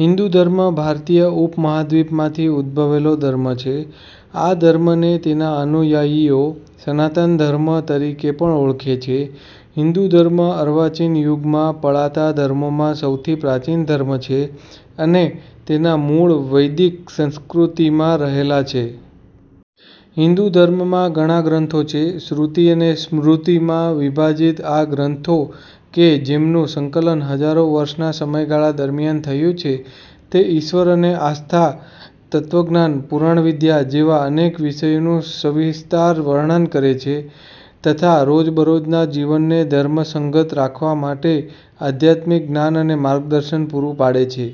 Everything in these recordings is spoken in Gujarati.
હિંદુ ધર્મ ભારતીય ઉપ-મહાદ્વીપમાંથી ઉદ્ભવેલો ધર્મ છે. આ ધર્મને તેના અનુયાયીઓ સનાતન ધર્મ તરીકે પણ ઓળખે છે. હિંદુ ધર્મ અર્વાચીન યુગમાં પળાતા ધર્મોમાં સૌથી પ્રાચીન ધર્મ છે અને તેના મૂળ વૈદિક સંસ્કૃતિમાં રહેલા છે. હિંદુ ધર્મમાં ઘણાં ગ્રંથો છે. શ્રુતિ અને સ્મૃતિમાં વિભાજિત આ ગ્રંથો કે જેમનું સંકલન હજારો વર્ષનાં સમયગાળા દરમ્યાન થયું છે તે ઈશ્વર અને આસ્થા, તત્ત્વજ્ઞાન, પુરાણવિદ્યા જેવા અનેક વિષયોનું સવિસ્તાર વર્ણન કરે છે તથા રોજબરોજના જીવનને ધર્મસંગત રાખવા માટે આધ્યાત્મિક જ્ઞાન અને માર્ગદર્શન પૂરું પાડે છે.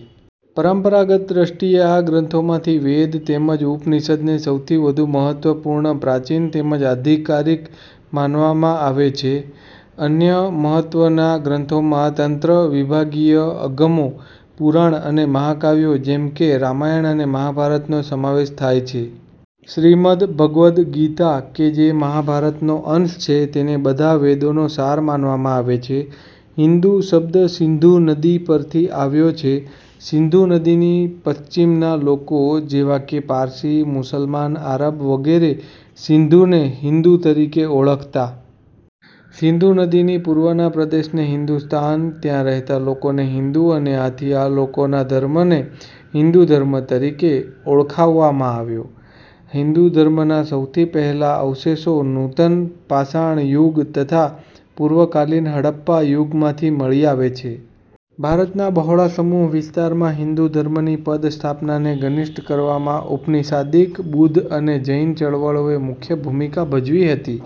પરંપરાગત દ્રષ્ટિએ આ ગ્રંથોમાંથી વેદ, તેમજ ઉપનિષદને સૌથી વધુ મહત્વપૂર્ણ, પ્રાચીન તેમજ આધિકારિક માનવામાં આવે છે. અન્ય મહત્વના ગ્રંથોમાં તંત્ર, વિભાગીય અગમો, પુરાણ અને મહાકાવ્યો જેમકે રામાયણ અને મહાભારતનો સમાવેશ થાય છે. શ્રીમદ્ ભગવદ્ ગીતા કે જે મહાભારતનો અંશ છે તેને બધા વેદોનો સાર માનવામાં આવે છે. હિંદુ શબ્દ સિંધુ નદી પરથી આવ્યો છે. સિંધુ નદીની પશ્ચિમના લોકો જેવા કે પારસી, મુસલમાન, આરબ, વગેરે સિંધુને હિંદુ તરીકે ઓળખતા. સિંધુ નદીની પૂર્વના પ્રદેશને હિંદુસ્તાન, ત્યાં રહેતા લોકોને હિંદુ અને આથી આ લોકોના ધર્મને હિંદુ ધર્મ તરીકે ઓળખાવવામાં આવ્યો. હિંદુ ધર્મના સૌથી પહેલા અવશેષો નૂતન પાષાણ યુગ તથા પૂર્વકાલીન હડપ્પા યુગમાંથી મળી આવે છે. ભારતના બહોળા સમુહ વિસ્તારમાં હિંદુ ધર્મની પદસ્થાપનાને ઘનિષ્ટ કરવામાં ઉપનીશાદીક, બુદ્ધ અને જૈન ચળવળોએ મુખ્ય ભૂમિકા ભજવી હતી.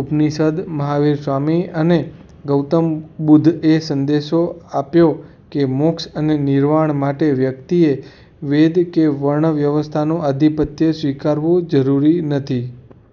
ઉપનિષદ, મહાવીર સ્વામી અને ગૌતમ બુદ્ધએ સંદેશો આપ્યો કે મોક્ષ અને નિર્વાણ માટે વ્યક્તિએ વેદ કે વર્ણ વ્યવસ્થાનું આધીપત્ય સ્વીકારવું જરૂરી નથી.